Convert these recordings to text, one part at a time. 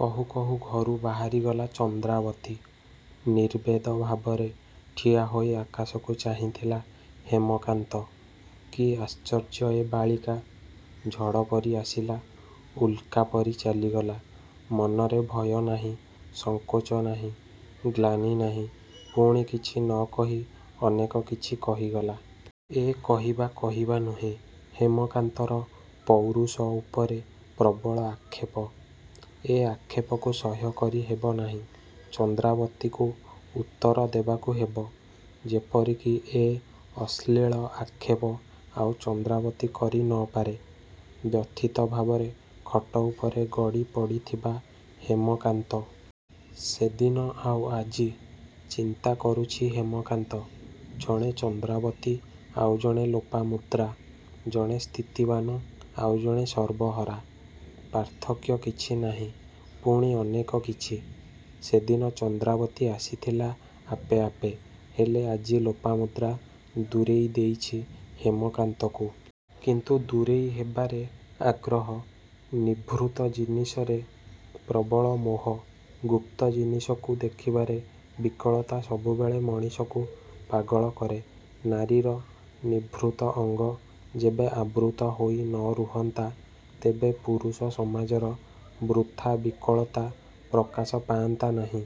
କହୁ କହୁ ଘରୁ ବାହାରିଗଲା ଚନ୍ଦ୍ରାବତୀ। ନିର୍ବେଦ ଭାବରେ ଠିଆ ହୋଇ ଆକାଶକୁ ଚାହିଁଥିଲା ହେମକାନ୍ତ। କି ଆଶ୍ଚର୍ଯ୍ୟ ଏ ବାଳିକା? ଝଡ଼ ପରି ଆସିଲା.. ଉଲ୍କା ପରି ଚାଲିଗଲା। ମନରେ ଭୟ ନାହିଁ, ସଙ୍କୋଚ ନାହିଁ, ଗ୍ଳାନି ନାହିଁ। ପୁଣି କିଛି ନ କହି ଅନେକ କିଛି କହିଗଲା। ଏ କହିବା କହିବା ନୁହେଁ, ହେମକାନ୍ତର ପୌରୁଷ ଉପରେ ପ୍ରବଳ ଆକ୍ଷେପ। ଏ ଆକ୍ଷେପକୁ ସହ୍ୟ କରି ହେବ ନାହିଁ। ଚନ୍ଦ୍ରାବତୀକୁ ଉତ୍ତର ଦେବାକୁ ହେବ। ଯେପରି କି ଏ ଅଶ୍ଳୀଳ ଆକ୍ଷେପ ଆଉ ଚନ୍ଦ୍ରାବତୀ କରି ନ ପାରେ। ବ୍ୟଥିତ ଭାବରେ ଖଟ ଉପରେ ଗଡ଼ି ପଡ଼ିଥିବା ହେମକାନ୍ତ..। ସେ ଦିନ ଆଉ ଆଜି। ଚିନ୍ତା କରୁଛି ହେମକାନ୍ତ। ଜଣେ ଚନ୍ଦ୍ରାବତୀ ଆଉ ଜଣେ ଲୋପାମୁଦ୍ରା, ଜଣେ ସ୍ଥିତିବାନ ଆଉ ଜଣେ ସର୍ବହରା। ପାର୍ଥକ୍ୟ କିଛି ନାହିଁ, ପୁଣି ଅନେକ କିଛି। ସେ ଦିନ ଚନ୍ଦ୍ରାବତୀ ଆସିଥିଲା ଆପେ ଆପେ। ହେଲେ ଆଜି ଲୋପାମୁଦ୍ରା ଦୂରେଇ ଦେଇଛି ହେମକାନ୍ତକୁ। କିନ୍ତୁ ଦୂରେଇ ହେବାରେ ଆଗ୍ରହ। ନିଭୃତ ଜିନିଷରେ ପ୍ରବଳ ମୋହ, ଗୁପ୍ତ ଜିନିଷକୁ ଦେଖିବାରେ ବିକଳତା ସବୁବେଳେ ମଣିଷକୁ ପାଗଳ କରେ। ନାରୀର ନିଭୃତ ଅଙ୍ଗ ଯେବେ ଆବୃତ ହୋଇ ନ ରୁହନ୍ତା ତେବେ ପୁରୁଷ ସମାଜର ବୃଥା ବିକଳତା ପ୍ରକାଶ ପାଆନ୍ତା ନାହିଁ।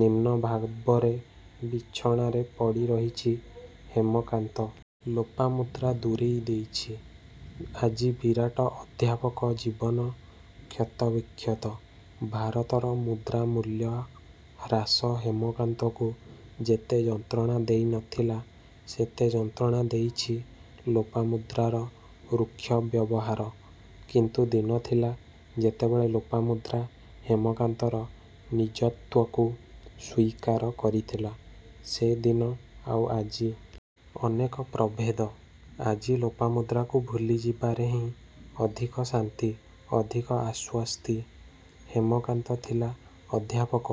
ନିମ୍ନ ଭାବରେ ବିଛଣାରେ ପଡ଼ି ରହିଛି ହେମକାନ୍ତ। ଲୋପାମୁଦ୍ରା ଦୂରେଇ ଦେଇଛି। ଆଜି ବିରାଟ ଅଧ୍ୟାପକ ଜୀବନ କ୍ଷତବିକ୍ଷତ। ଭାରତର ମୁଦ୍ରାମୂଲ୍ୟ ହ୍ରାସ ହେମକାନ୍ତକୁ ଯେତେ ଯନ୍ତ୍ରଣା ଦେଇ ନ ଥିଲା, ସେତେ ଯନ୍ତ୍ରଣା ଦେଇଛି ଲୋପାମୁଦ୍ରାର ରୁକ୍ଷ ବ୍ୟବହାର। କିନ୍ତୁ ଦିନ ଥିଲା, ଯେତେବେଳେ ଲୋପାମୁଦ୍ରା ହେମକାନ୍ତର ନିଜତ୍ୱକୁ ସ୍ୱୀକାର କରିଥିଲା। ସେ ଦିନ ଆଉ ଆଜି.. ଅନେକ ପ୍ରଭେଦ। ଆଜି ଲୋପାମୁଦ୍ରାକୁ ଭୁଲିଯିବାରେ ହିଁ ଅଧିକ ଶାନ୍ତି, ଅଧିକ ଆଶ୍ୱସ୍ତି। ହେମକାନ୍ତ ଥିଲା ଅଧ୍ୟାପକ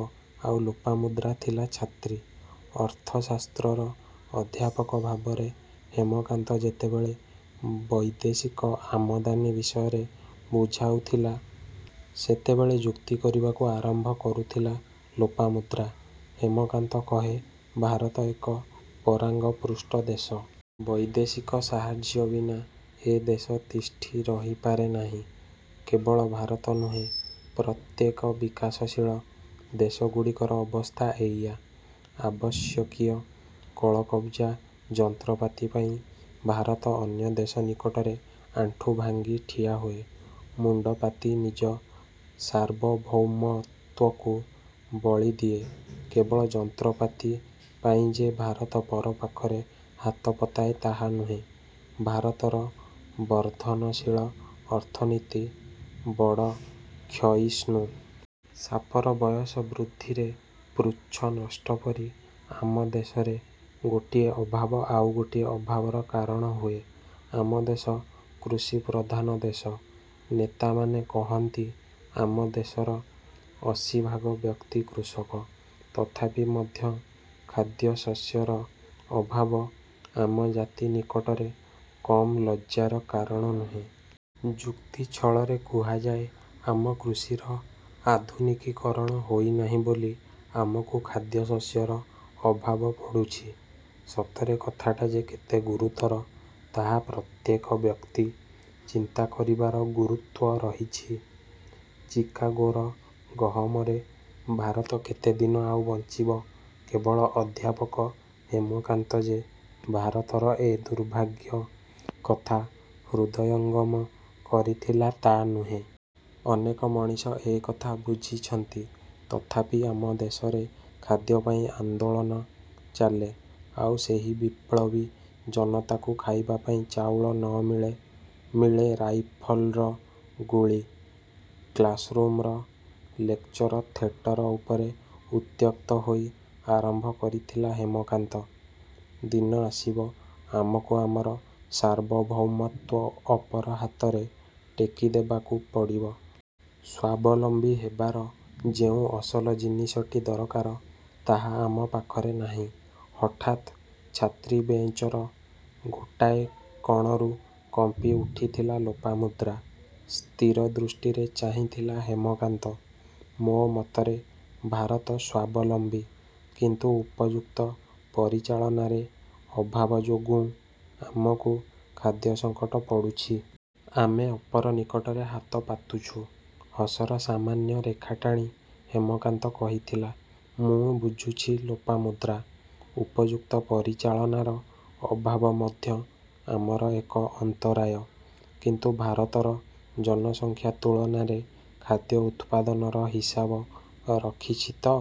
ଆଉ ଲୋପାମୁଦ୍ରା ଥିଲା ଛାତ୍ରୀ। ଅର୍ଥଶାସ୍ତ୍ରର ଅଧ୍ୟାପକ ଭାବରେ ହେମକାନ୍ତ ଯେତେବେଳେ ବୈଦେଶିକ ଆମଦାନୀ ବିଷୟରେ ବୁଝାଉଥିଲା-ସେତେବେଳେ ଯୁକ୍ତି କରିବାକୁ ଆରମ୍ଭ କରୁଥିଲା ଲୋପାମୁଦ୍ରା। ହେମକାନ୍ତ କହେ-ଭାରତ ଏକ ପରାଙ୍ଗପୃଷ୍ଟ ଦେଶ। ବୈଦେଶିକ ସାହାର୍ଯ୍ୟ ବିନା ଏ ଦେଶ ତିଷ୍ଠି ରହିପାରେ ନାହିଁ। କେବଳ ଭାରତ ନୁହେଁ-ପ୍ରତ୍ୟେକ ବିକାଶଶୀଳ ଦେଶଗୁଡ଼ିକର ଅବସ୍ଥା ଏଇଆ। ଆବଶ୍ୟକୀୟ କଳକବ୍ଜା, ଯନ୍ତ୍ରପାତି ପାଇଁ ଭାରତ ଅନ୍ୟ ଦେଶ ନିକଟରେ ଆଣ୍ଠୁ ଭାଙ୍ଗି ଠିଆ ହୁଏ। ମୁଣ୍ଡପାତି ନିଜ ସାର୍ବଭୌମତ୍ୱକୁ ବଳିଦିଏ। କେବଳ ଯନ୍ତ୍ରପାତି ପାଇଁ ଯେ ଭାରତ ପର ପାଖରେ ହାତ ପତାଏ ତାହା ନୁହେଁ, ଭାରତର ବର୍ଦ୍ଧନଶୀଳ ଅର୍ଥନୀତି ବଡ଼ କ୍ଷୟିଷ୍ଣୁ। ସାପର ବୟସ ବୃଦ୍ଧିରେ ପୃଚ୍ଛ ନଷ୍ଟ ପରି ଆମ ଦେଶରେ ଗୋଟିଏ ଅଭାବ ଆଉ ଗୋଟିଏ ଅଭାବର କାରଣ ହୁଏ। ଆମ ଦେଶ କୃଷିପ୍ରଧାନ ଦେଶ। ନେତାମାନେ କହନ୍ତି ଆମ ଦେଶର ଅଶୀଭାଗ ବ୍ୟକ୍ତି କୃଷକ। ତଥାପି ମଧ୍ୟ ଖାଦ୍ୟଶସ୍ୟର ଅଭାବ ଆମ ଜାତି ନିକଟରେ କମ୍ ଲଜ୍ଜାର କାରଣ ନୁହେଁ। ଯୁକ୍ତି ଛଳରେ କୁହାଯାଏ-ଆମ କୃଷିର ଆଧୁନିକୀକରଣ ହୋଇ ନାହିଁ ବୋଲି ଆମକୁ ଖାଦ୍ୟଶସ୍ୟର ଅଭାବ ପଡ଼ୁଛି। ସତରେ କଥାଟା ଯେ କେତେ ଗୁରୁତର, ତାହା ପ୍ରତ୍ୟେକ ବ୍ୟକ୍ତି ଚିନ୍ତା କରିବାର ଗୁରୁତ୍ୱ ରହିଛି। ଚିକାଗୋର ଗହମରେ ଭାରତ କେତେ ଦିନ ଆଉ ବଞ୍ଚିବ? କେବଳ ଅଧ୍ୟାପକ ହେମକାନ୍ତ ଯେ ଭାରତର ଏ ଦୁର୍ଭାଗ୍ୟ କଥା ହୃଦୟଙ୍ଗମ କରିଥିଲା ତା' ନୁହେଁ। ଅନେକ ମଣିଷ ଏ କଥା ବୁଝିଛନ୍ତି। ତଥାପି ଆମ ଦେଶରେ ଖାଦ୍ୟପାଇଁ ଆନ୍ଦୋଳନ ଚାଲେ। ଆଉ ସେହି ବିଳ୍ପବୀ ଜନତାକୁ ଖାଇବା ପାଇଁ ଚାଉଳ ନ ମିଳେ, ମିଳେ ରାଇଫଲ୍ର ଗୁଳି। କ୍ଲାସ୍ରୁମର ଲେକ୍ଚର ଥେଟର ଉପରେ ଉତ୍ତ୍ୟକ୍ତ ହୋଇ ଆରମ୍ଭ କରିଥିଲା ହେମକାନ୍ତ- ଦିନ ଆସିବ, ଆମକୁ ଆମର ସାର୍ବଭୌମତ୍ୱ ଅପର ହାତରେ ଟେକିଦେବାକୁ ପଡ଼ିବ। ସ୍ୱାବଲମ୍ବୀ ହେବାର ଯେଉଁ ଅସଲ ଜିନିଷଟି ଦରକାର, ତାହା ଆମ ପାଖରେ ନାହିଁ। ହଠାତ୍ ଛାତ୍ରୀ ବେଞ୍ଚର ଗୋଟାଏ କଣରୁ କମ୍ପି ଉଠିଥିଲା ଲୋପାମୁଦ୍ରା। ସ୍ଥିର ଦୃଷ୍ଟିରେ ଚାହିଁଥିଲା ହେମକାନ୍ତ। -ମୋ ମତରେ ଭାରତ ସ୍ୱାବଲମ୍ବୀ। କିନ୍ତୁ ଉପଯୁକ୍ତ ପରିଚାଳନାରେ ଅଭାବ ଯୋଗୁଁ ଆମକୁ ଖାଦ୍ୟସଙ୍କଟ ପଡ଼ୁଛି। ଆମେ ଅପର ନିକଟରେ ହାତ ପାତୁଛୁ। ହସର ସାମାନ୍ୟ ରେଖା ଟାଣି ହେମକାନ୍ତ କହିଥିଲା ମୁଁ ବୁଝୁଛି ଲୋପମୁଦ୍ରା। ଉପଯୁକ୍ତ ପରିଚାଳନାର ଅଭାବ ମଧ୍ୟ ଆମର ଏକକ ଅନ୍ତରାୟ। କିନ୍ତୁ ଭାରତର ଜନସଂଖ୍ୟା ତୁଳନାରେ ଖାଦ୍ୟ ଉତ୍ପାଦନର ହିସାବ ରଖିଛି ତ?